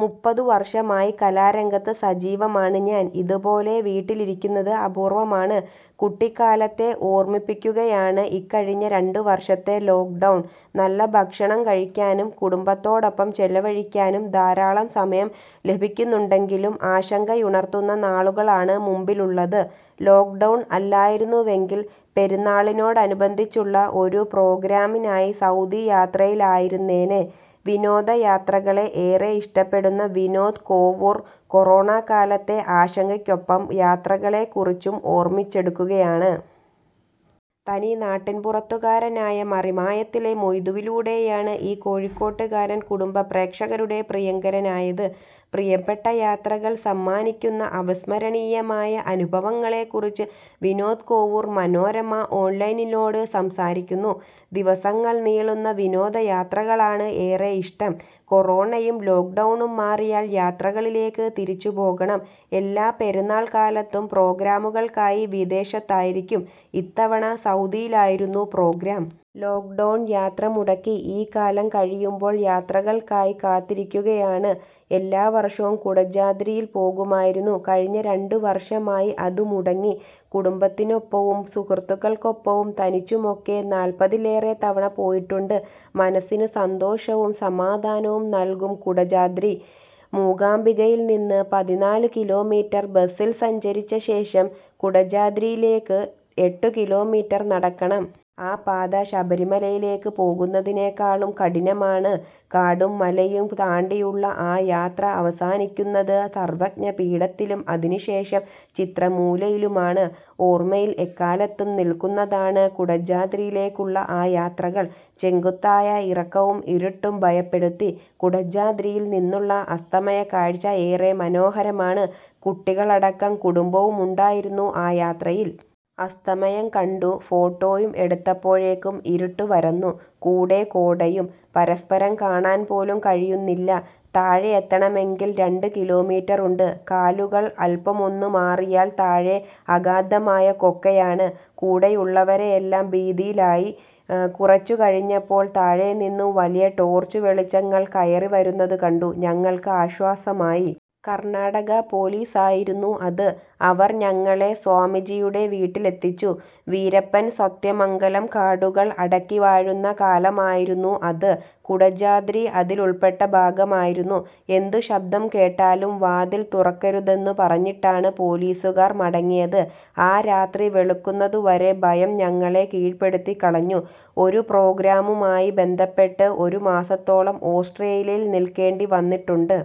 മുപ്പതു വർഷമായി കലാരംഗത്ത് സജീവമാണ് ഞാൻ. ഇതുപോലെ വീട്ടിലിരിക്കുന്നത് അപൂർവമാണ്. കുട്ടിക്കാലത്തെ ഓർമിപ്പിക്കുകയാണ് ഇക്കഴിഞ്ഞ രണ്ടു വർഷത്തെ ലോക്ഡൗൺ. നല്ല ഭക്ഷണം കഴിക്കാനും കുടുംബത്തോടൊപ്പം ചെലവഴിക്കാനും ധാരാളം സമയം ലഭിക്കുന്നുണ്ടെങ്കിലും ആശങ്കയുണർത്തുന്ന നാളുകളാണ് മുമ്പിലുള്ളത്. ലോക്ഡൗൺ അല്ലായിരുന്നുവെങ്കിൽ പെരുന്നാളിനോടനുബന്ധിച്ചുള്ള ഒരു പ്രോഗ്രാമിനായി സൗദി യാത്രയിലായിരുന്നേനേ. വിനോദയാത്രകളെ ഏറെ ഇഷ്ടപ്പെടുന്ന വിനോദ് കോവൂർ കൊറോണക്കാലത്തെ ആശങ്കയ്ക്കൊപ്പം യാത്രകളെക്കുറിച്ചും ഓർമിച്ചെടുക്കുകയാണ്. തനിനാട്ടിൻപുറത്തുകാരനായ മറിമായത്തിലെ മൊയ്തുവിലൂടെയാണ് ഈ കോഴിക്കോട്ടുകാരൻ കുടുംബ പ്രേക്ഷകരുടെ പ്രിയങ്കരനായത്. പ്രിയപ്പെട്ട യാത്രകൾ സമ്മാനിക്കുന്ന അവിസ്മരണീയമായ അനുഭവങ്ങളെക്കുറിച്ച് വിനോദ് കോവൂർ മനോരമ ഓൺലൈനിനോട് സംസാരിക്കുന്നു. ദിവസങ്ങൾ നീളുന്ന വിനോദയാത്രകളാണ് ഏറെയിഷ്ടം. കൊറോണയും ലോക്ഡൗണും മാറിയാൽ യാത്രകളിലേക്ക് തിരിച്ചു പോകണം. എല്ലാ പെരുന്നാൾ കാലത്തും പ്രോഗ്രാമുകൾക്കായി വിദേശത്തായിരിക്കും. ഇത്തവണ സൗദിയിലായിരുന്നു പ്രോഗ്രാം. ലോക്ഡൗൺ യാത്ര മുടക്കി. ഈ കാലം കഴിയുമ്പോൾ യാത്രകൾക്കായി കാത്തിരിക്കുകയാണ്. എല്ലാ വർഷവും കുടജാദ്രിയിൽ പോകുമായിരുന്നു. കഴിഞ്ഞ രണ്ടു വർഷമായി അതു മുടങ്ങി. കുടുംബത്തിനൊപ്പവും സുഹൃത്തുക്കൾക്കൊപ്പവും തനിച്ചുമൊക്കെ നാൽപതിലേറെ തവണ പോയിട്ടുണ്ട്. മനസ്സിനു സന്തോഷവും സമാധാനവും നൽകും കുടജാദ്രി. മൂകാംബികയിൽനിന്ന് പതിനാലു കിലോമീറ്റർ ബസിൽ സഞ്ചരിച്ച ശേഷം കുടജാദ്രിയിലേക്ക് എട്ടു കിലോമീറ്റർ നടക്കണം. ആ പാത ശബരിമലയിലേക്ക് പോകുന്നതിനേക്കാളും കഠിനമാണ്. കാടും മലയും താണ്ടിയുള്ള ആ യാത്ര അവസാനിക്കുന്നത് സർവജ്ഞ പീഠത്തിലും അതിനുശേഷം ചിത്രമൂലയിലുമാണ്. ഓർമയിൽ എക്കാലത്തും നിൽക്കുന്നതാണ് കുടജാദ്രിയിലേക്കുള്ള ആ യാത്രകൾ. ചെങ്കുത്തായ ഇറക്കവും ഇരുട്ടും ഭയപ്പെടുത്തി. കുടജാദ്രിയിൽ നിന്നുള്ള അസ്തമയക്കാഴ്ച ഏറെ മനോഹരമാണ്. കുട്ടികളടക്കം കുടുംബവുമുണ്ടായിരുന്നു ആ യാത്രയിൽ. അസ്തമയം കണ്ടു, ഫോട്ടോയും എടുത്തപ്പോഴേക്കും ഇരുട്ട് പരന്നു, കൂടെ കോടയും. പരസ്പരം കാണാൻ പോലും കഴിയുന്നില്ല. താഴെയെത്തണമെങ്കിൽ രണ്ടു കിലോമീറ്ററുണ്ട്. കാലുകൾ അൽപമൊന്നു മാറിയാൽ താഴെ അഗാധമായ കൊക്കയാണ്. കൂടെയുള്ളവരെല്ലാം ഭീതിയിലായി. കുറച്ചു കഴിഞ്ഞപ്പോൾ താഴെനിന്നു വലിയ ടോർച്ച് വെളിച്ചങ്ങൾ കയറി വരുന്നതു കണ്ടു. ഞങ്ങൾക്ക് ആശ്വാസമായി. കർണാടക പൊലീസ് ആയിരുന്നു അത്. അവർ ഞങ്ങളെ സ്വാമിജിയുടെ വീട്ടിലെത്തിച്ചു. വീരപ്പൻ സത്യമംഗലം കാടുകൾ അടക്കിവാഴുന്ന കാലമായിരുന്നു അത്. കുടജാദ്രി അതിലുൾപ്പെട്ട ഭാഗമായിരുന്നു. എന്തു ശബ്ദം കേട്ടാലും വാതിൽ തുറക്കരുതെന്നു പറഞ്ഞിട്ടാണ് പൊലീസുകാർ മടങ്ങിയത്. ആ രാത്രി വെളുക്കുന്നതുവരെ ഭയം ഞങ്ങളെ കീഴ്പ്പെടുത്തിക്കളഞ്ഞു. ഒരു പ്രോഗ്രാമുമായി ബന്ധപ്പെട്ട് ഒരു മാസത്തോളം ഓസ്ട്രേലിയയിൽ നിൽക്കേണ്ടി വന്നിട്ടുണ്ട്.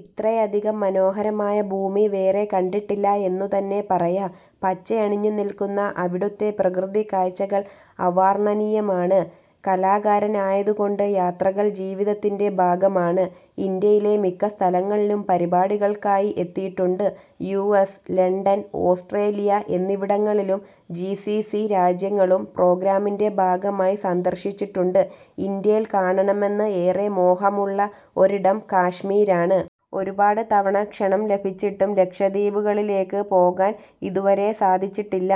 ഇത്രയധികം മനോഹരമായ ഭൂമി വേറെ കണ്ടിട്ടില്ല എന്നുതന്നെ പറയാം. പച്ചയണിഞ്ഞു നിൽക്കുന്ന അവിടുത്തെ പ്രകൃതിക്കാഴ്ചകൾ അവാർണനീയമാണ്. കലാകാരനായതുകൊണ്ട് യാത്രകൾ ജീവിതത്തിൻ്റെ ഭാഗമാണ്. ഇന്ത്യയിലെ മിക്ക സ്ഥലങ്ങളിലും പരിപാടികൾക്കായി എത്തിയിട്ടുണ്ട്. യുഎസ്, ലണ്ടൻ, ഓസ്ട്രേലിയ എന്നിവിടങ്ങളും ജിസിസി രാജ്യങ്ങളും പ്രോഗ്രാമിൻ്റെ ഭാഗമായി സന്ദർശിച്ചിട്ടുണ്ട്. ഇന്ത്യയിൽ കാണണമെന്ന് ഏറെ മോഹമുള്ള ഒരിടം കശ്മീരാണ്. ഒരുപാട് തവണ ക്ഷണം ലഭിച്ചിട്ടും ലക്ഷദ്വീപുകളിലേക്ക് പോകാൻ ഇതുവരെ സാധിച്ചിട്ടില്ല.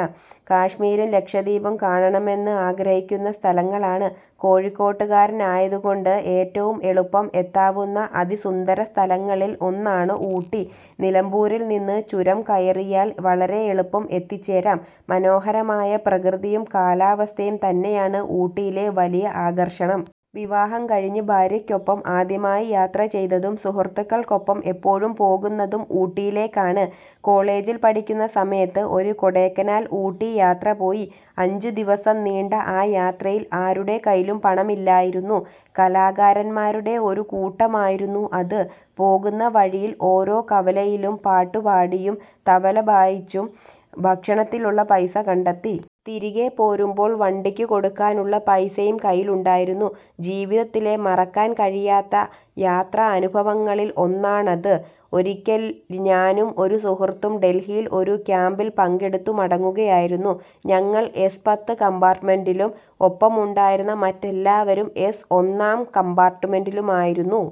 കശ്മീരും ലക്ഷദ്വീപും കാണണമെന്ന് ആഗ്രഹിക്കുന്ന സ്ഥലങ്ങളാണ്. കോഴിക്കോട്ടുകാരനായതുകൊണ്ട് ഏറ്റവും എളുപ്പം എത്താവുന്ന അതിസുന്ദര സ്ഥലങ്ങളിൽ ഒന്നാണ് ഊട്ടി. നിലമ്പൂരിൽനിന്നു ചുരം കയറിയാൽ വളരെ എളുപ്പം എത്തിച്ചേരാം. മനോഹരമായ പ്രകൃതിയും കാലാവസ്ഥയും തന്നെയാണ് ഊട്ടിയിലെ വലിയ ആകർഷണം. വിവാഹം കഴിഞ്ഞ് ഭാര്യക്കൊപ്പം ആദ്യമായി യാത്ര ചെയ്തതും സുഹൃത്തുക്കൾക്കൊപ്പം എപ്പോഴും പോകുന്നതും ഊട്ടിയിലേക്കാണ്. കോളജിൽ പഠിക്കുന്ന സമയത്ത് ഒരു കൊടൈക്കനാൽ ഊട്ടി യാത്ര പോയി. അഞ്ചു ദിവസം നീണ്ട ആ യാത്രയിൽ ആരുടെ കൈയിലും പണമില്ലായിരുന്നു. കലാകാരന്മാരുടെ ഒരു കൂട്ടമായിരുന്നു അത്. പോകുന്ന വഴിയിൽ ഓരോ കവലയിലും പാട്ടുപാടിയും തബല വായിച്ചും ഭക്ഷണത്തിനുള്ള പൈസ കണ്ടെത്തി. തിരികെ പോരുമ്പോൾ വണ്ടിക്കു കൊടുക്കാനുള്ള പൈസയും കൈയിലുണ്ടായിരുന്നു. ജീവിതത്തിലെ മറക്കാൻ കഴിയാത്ത യാത്രാനുഭവങ്ങളിൽ ഒന്നാണത്. ഒരിക്കൽ ഞാനും ഒരു സുഹൃത്തും ഡൽഹിയിൽ ഒരു ക്യാംപിൽ പങ്കെടുത്തു മടങ്ങുകയായിരുന്നു. ഞങ്ങൾ എസ് പത്ത് കമ്പാർട്ട്മെന്റിലും ഒപ്പമുള്ള മറ്റെല്ലാവരും എസ് ഒന്നാം കമ്പാർട്ട്മെന്റിലുമായിരുന്നു.